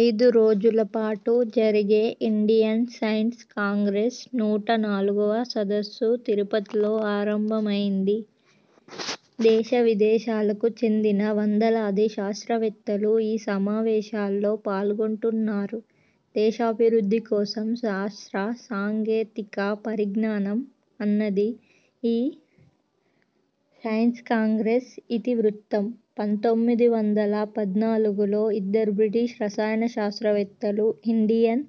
ఐదురోజుల పాటు జరిగే Indian science Congress నూట నాలుగువ సదస్సు తిరుపతిలో ఆరంభమైంది. దేశవిదేశాలకు చెందిన వందలాది శాస్త్రవేత్తలు ఈ సమావేశాల్లో పాల్గొంటున్నారు. 'దేశాభివృద్ధి కోసం శాస్త్ర సాంకేతిక పరిజ్ఞానం' అన్నది ఈ సైన్స్కాంగ్రెస్ ఇతి వృత్తం. పంతొమ్మిది వందల పద్నాలుగులో ఇద్దరు బ్రిటిష్ రసాయనశాస్త్రవేత్తలు ఇండియన్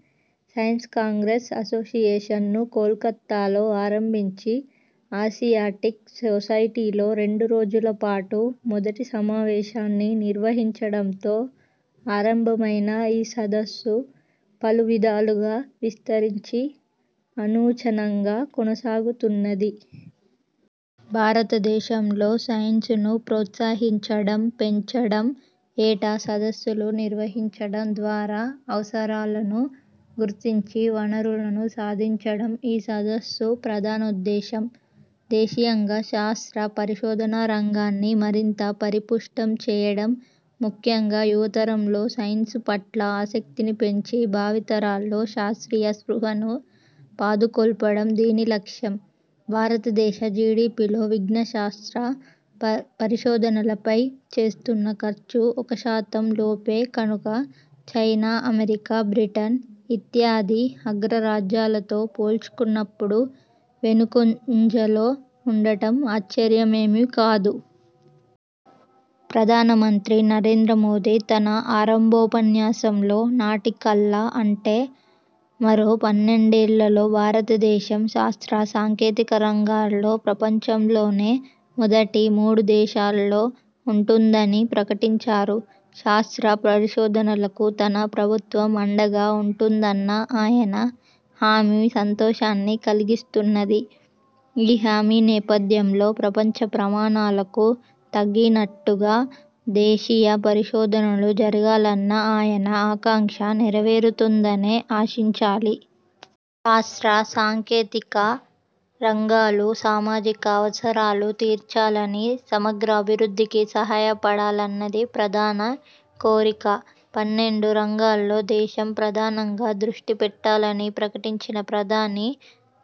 సైన్స్కాంగ్రెస్ అసోసియేషన్ను కోల్కతాలో ఆరంభించి, ఆసియాటిక్ సొసైటీలో రెండురోజులపాటు మొదటి సమావేశాన్ని నిర్వహించడంతో ఆరంభమైన ఈసదస్సు పలువిధాలుగా విస్తరించి అనూచానంగా కొనసాగుతున్నది. భారతదేశంలో సైన్స్ను ప్రోత్సహించడం, పెంచడం, ఏటా సదస్సులు నిర్వహించడం ద్వారా అవసరాలను గుర్తించి వనరులను సాధించడం ఈ సదస్సు ప్రధానోద్దేశం. దేశీయంగా శాస్త్ర, పరిశోధనారంగాన్ని మరింత పరిపుష్టం చేయడం, ముఖ్యంగా యువతరంలో సైన్స్పట్ల ఆసక్తిని పెంచి, భావితరాల్లో శాస్త్రీయ స్పృహను పాదుకొల్పడం దీని లక్ష్యం. భారతదేశ జీడీపీలో విజ్ఞానశాస్త్ర పరిశోధనలపై చేస్తున్న ఖర్చు ఒకశాతంలోపే కనుక, చైనా, అమెరికా, బ్రిటన్ ఇత్యాది అగ్రరాజ్యాలతో పోల్చుకున్నప్పుడు వెనుకంజలో ఉండటం ఆశ్చర్యమేమీ కాదు. ప్రధానమంత్రి నరేంద్రమోదీ తన ఆరంభోపన్యాసంలో నాటికల్లా అంటే మరో పన్నెండేళ్ళలో భారతదేశం శాస్త్ర సాంకేతికరంగాల్లో ప్రపంచంలోనే మొదటి మూడుదేశాల్లో ఉంటుందని ప్రకటించారు. శాస్త్ర పరిశోధనలకు తన ప్రభుత్వం అండగా ఉంటుందన్న ఆయన హామీ సంతోషాన్ని కలిగిస్తున్నది. ఈ హామీ నేపథ్యంలో, ప్రపంచ ప్రమాణాలకు తగినట్టుగా దేశీయపరిశోధనలు జరగాలన్న ఆయన ఆకాంక్ష నెరవేరుతుందనే ఆశించాలి. శాస్త్ర సాంకేతిక రంగాలు సామాజిక అవసరాలు తీర్చాలనీ, సమగ్రాభివృద్ధికి సహాయపడాలన్నది ప్రధాని కోరిక. పన్నెండు రంగాల్లో దేశం ప్రధానంగా దృష్టిపెట్టాలని ప్రకటించిన ప్రధాని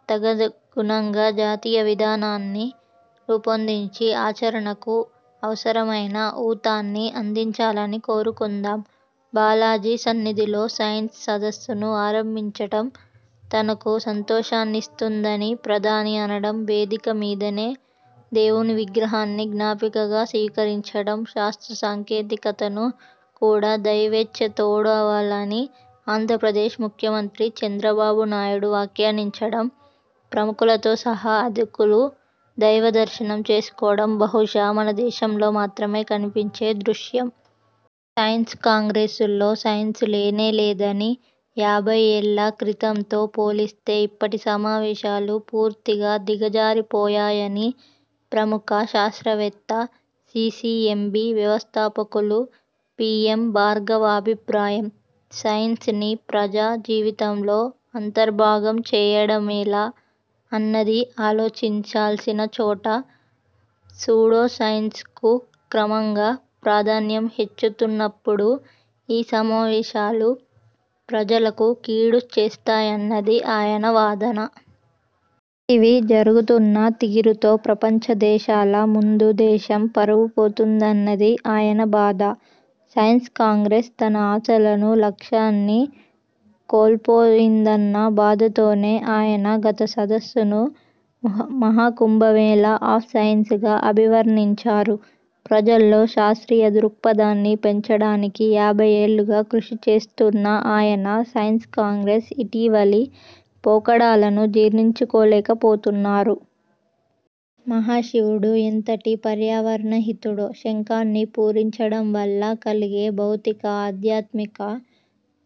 తదనుగుణమైన జాతీయ విధానాన్ని రూపొందించి ఆచరణకు అవసరమైన ఊతాన్ని అందించాలని కోరుకుందాం. బాలాజీ సన్నిధిలో సైన్స్ సదస్సును ఆరంభించడం తనకు సంతోషాన్నిస్తున్నదని ప్రధాని అనడం, వేదికమీదనే దేవుని విగ్రహాన్ని జ్ఞాపికగా స్వీకరించడం, శాస్త్ర సాంకేతికతకు కూడా దైవేచ్ఛ తోడవాలని ఆంధ్రప్రదేశ్ ముఖ్యమంత్రి చంద్రబాబు నాయుడు వ్యాఖ్యానించడం, ప్రముఖులతో సహా అధికులు దైవ దర్శనం చేసుకోవడం బహుశా మనదేశంలో మాత్రమే కనిపించే దృశ్యం. సైన్స్కాంగ్రెస్లో సైన్స్ లేనేలేదనీ, యాభైయ్యేళ్ళ క్రితంతో పోలిస్తే ఇప్పటి సమావేశాలు పూర్తిగా దిగజారిపోయాయని ప్రముఖ శాస్త్రవేత్త, సీసీఎంబీ వ్యవస్థాపకులు పీఎం భార్గవ అభిప్రాయం. సైన్స్ని ప్రజాజీవితంలో అంతర్భాగం చేయడమెలా అన్నది ఆలోచించాల్సిన చోట, సూడోసైన్స్కు క్రమంగా ప్రాధాన్యం హెచ్చుతున్నప్పుడు ఈ సమావేశాలు ప్రజలకు కీడుచేస్తాయన్నది ఆయన వాదన. ఇవి జరుగుతున్న తీరుతో ప్రపంచదేశాల ముందు దేశం పరువుపోతున్నదని ఆయన బాధ. సైన్స్కాంగ్రెస్ తన అసలు లక్ష్యాన్ని కోల్పోయిందన్న బాధతోనే ఆయన గత సదస్సును 'మహాకుంభమేళా ఆఫ్ సైన్స్' గా అభివర్ణించారు. ప్రజల్లో శాస్త్రీయ దృక్పథాన్ని పెంచడానికి యాభైయ్యేళ్ళుగా కృషి చేస్తున్న ఆయన, సైన్స్కాంగ్రెస్ ఇటీవలి పోకడలను జీర్ణించుకోలేకపోతున్నారు. మహాశివుడు ఎంతటి పర్యావరణ హితుడో, శంఖాన్ని పూరించడంవల్ల కలిగే భౌతిక, ఆధ్యాత్మిక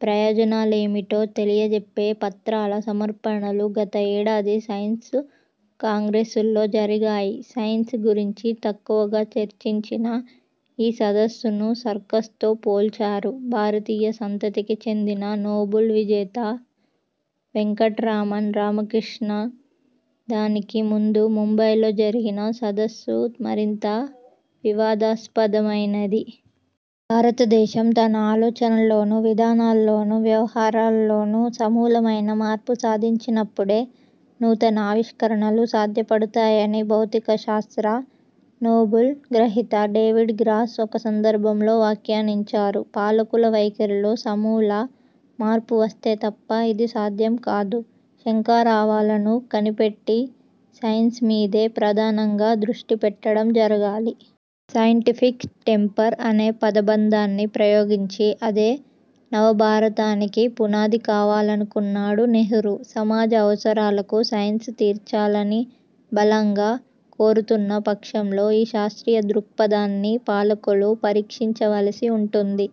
ప్రయోజనాలేమిటో తెలియచెప్పే పత్రాల సమర్పణలు గత ఏడాది సైన్స్కాంగ్రెస్లో జరిగాయి. సైన్స్ గురించి తక్కువగా చర్చించిన ఈ సదస్సును సర్కస్తో పోల్చారు భారతీయ సంతతికి చెందిన నోబెల్ విజేత వెంకట్రామన్ రామకృష్ణ. దానికి ముందు ముంబైలోజరిగిన సదస్సు మరింత వివాదాస్పదమైంది. భారతదేశం తన ఆలోచనలోనూ, విధానాల్లోనూ, వ్యవహరణలోనూ సమూలమైన మార్పు సాధించినప్పుడే నూతన ఆవిష్కరణలు సాధ్యపడతాయని భౌతికశాస్త్ర నోబెల్ గ్రహీత డేవిడ్ గ్రాస్ ఒక సందర్భంలో వాఖ్యానించారు. పాలకుల వైఖరిలో సమూల మార్పు వస్తే తప్ప ఇది సాధ్యం కాదు. శంఖారావాలను కనిపెట్టి సైన్స్మీదే ప్రధానంగా దృష్టిపెట్టడం జరగాలి. సైంటిఫిక్ టెంపర్ అనే పదబంధాన్ని ప్రయోగించి అదే నవభారతానికి పునాది కావాలనుకున్నాడు నెహ్రూ. సమాజ అవసరాలకు సైన్స్ తీర్చాలని బలంగా కోరుతున్న పక్షంలో ఈ శాస్త్రీయ దృక్పథాన్ని పాలకులు పరిక్షించవలసి ఉంటుంది.